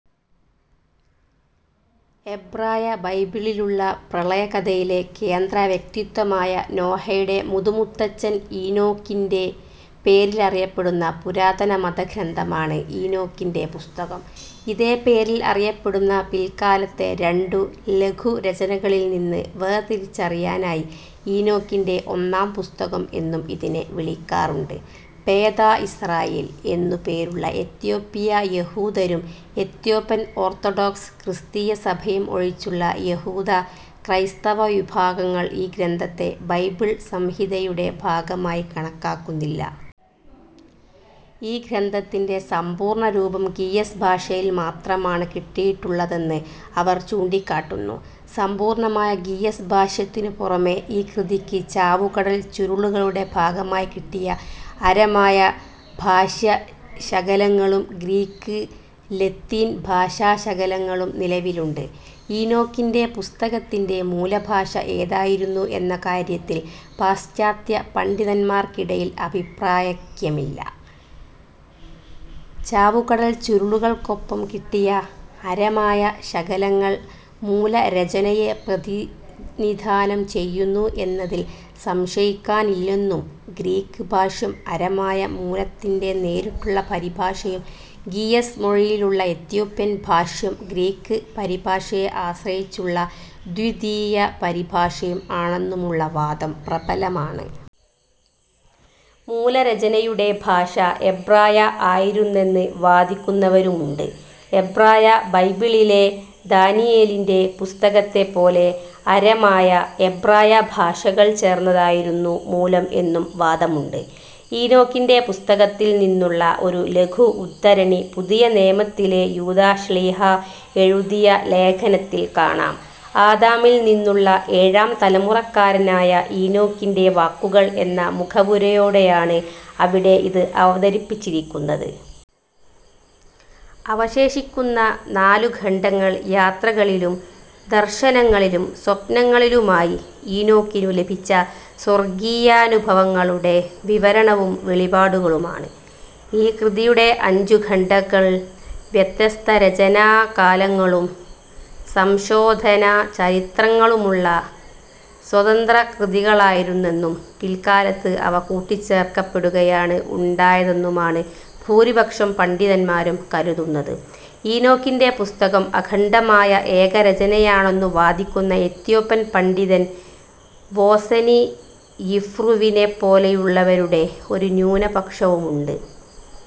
എബ്രായബൈബിളിലുള്ള പ്രളയകഥയിലെ കേന്ദ്രവ്യക്തിത്വമായ നോഹയുടെ മുതുമുത്തച്ഛൻ ഈനോക്കിന്റെ പേരിൽ അറിയപ്പെടുന്ന പുരാതന മതഗ്രന്ഥമാണ് ഈനോക്കിന്റെ പുസ്തകം. ഇതേ പേരിൽ അറിയപ്പെടുന്ന പിൽക്കാലത്തെ രണ്ടു ലഘുരചനകളിൽ നിന്ന് വേർതിരിച്ചറിയാനായി, ഈനോക്കിന്റെ ഒന്നാം പുസ്തകം എന്നും ഇതിനെ വിളിക്കാറുണ്ട്. "ബേതാ ഇസ്രായേൽ" എന്നു പേരുള്ള എത്യോപ്പിയ യഹൂദരും, എത്യോപ്യൻ ഓർത്തഡോക്സ് ക്രിസ്തീയ സഭയും ഒഴിച്ചുള്ള യഹൂദ, ക്രൈസ്തവ വിഭാഗങ്ങൾ ഈ ഗ്രന്ഥത്തെ ബൈബിൾ സംഹിതയുടെ ഭാഗമായി കണക്കാക്കുന്നില്ല. ഈ ഗ്രന്ഥത്തിന്റെ സമ്പൂർണ്ണരൂപം ഗീയസ് ഭാഷയിൽ മാത്രമാണ് കിട്ടിയിട്ടുള്ളതെന്ന് അവർ ചൂണ്ടിക്കാട്ടുന്നു. സമ്പൂർണ്ണമായ ഗീയസ് ഭാഷ്യത്തിനു പുറമേ ഈ കൃതിയ്ക്ക് ചാവുകടൽ ചുരുളുകളുടെ ഭാഗമായി കിട്ടിയ അരമായ ഭാഷ്യശകലങ്ങളും ഗ്രീക്ക്, ലത്തീൻ ഭാഷാശകലങ്ങളും നിലവിലുണ്ട്. ഈനോക്കിന്റെ പുസ്തകത്തിന്റെ മൂലഭാഷ ഏതായിരുന്നു എന്ന കാര്യത്തിൽ പാശ്ചാത്യപണ്ഡിതന്മാർക്കിടയിൽ അഭിപ്രായൈക്യമില്ല: ചാവുകടൽ ചുരുളുകൾക്കൊപ്പം കിട്ടിയ അരമായ ശകലങ്ങൾ മൂലരചനയെ പ്രതിനിധാനം ചെയ്യുന്നു എന്നതിൽ സംശയിക്കാനില്ലെന്നും ഗ്രീക്ക് ഭാഷ്യം അരമായ മൂലത്തിന്റെ നേരിട്ടുള്ള പരിഭാഷയും ഗീയസ് മൊഴിയിലുള്ള എത്യോപ്യൻ ഭാഷ്യം ഗ്രീക്ക് പരിഭാഷയെ ആശ്രയിച്ചുള്ള ദ്വിതീയ പരിഭാഷയും ആണെന്നുമുള്ള വാദം പ്രബലമാണ്. മൂലരചനയുടെ ഭാഷ എബ്രായ ആയിരുന്നെന്നു വാദിക്കുന്നവരുമുണ്ട്. എബ്രായ ബൈബിളിലെ ദാനിയേലിന്റെ പുസ്തകത്തെപ്പോലെ അരമായ, എബ്രായ ഭാഷകൾ ചേർന്നതായിരുന്നു മൂലം എന്നും വാദമുണ്ട്. ഈനോക്കിന്റെ പുസ്തകത്തിൽ നിന്നുള്ള ഒരു ലഘു ഉദ്ധരണി പുതിയനിയമത്തിലെ യൂദാ ശ്ലീഹാ എഴുതിയ ലേഖനത്തിൽ കാണാം. "ആദാമിൽ നിന്നുള്ള ഏഴാം തലമുറക്കാരനായ ഈനോക്കിന്റെ വാക്കുകൾ" എന്ന മുഖവുരയോടെയാണ് അവിടെ അത് അവതരിപ്പിച്ചിരിക്കുന്നത്. അവശേഷിക്കുന്ന നാലു ഖണ്ഡങ്ങൾ യാത്രകളിലും, ദർശനങ്ങളിലും, സ്വപ്നങ്ങളിലുമായി ഈനോക്കിനു ലഭിച്ച സ്വർഗ്ഗീയാനുഭവങ്ങളുടെ വിവരണവും വെളിപാടുകളുമാണ്. ഈ കൃതിയുടെ അഞ്ചു ഖണ്ഡങ്ങൾ വ്യത്യസ്തരചനാകാലങ്ങളും സംശോധനാചരിത്രങ്ങളുമുള്ള സ്വതന്ത്രകൃതികളായിരുന്നെന്നും പിൽക്കാലത്ത് അവ കൂട്ടിച്ചേർക്കപ്പെടുകയാണ് ഉണ്ടായതെന്നുമാണ് ഭൂരിപക്ഷം പണ്ഡിതന്മാരും കരുതുന്നത്. ഈനോക്കിന്റെ പുസ്തകം അഖണ്ഡമായ ഏകരചനയാണെന്നു വാദിക്കുന്ന എത്യോപ്യൻ പണ്ഡിതൻ വോസെനി യിഫ്രുവിനെപ്പോലുള്ളവരുടെ ഒരു ന്യൂനപക്ഷവുമുണ്ട്.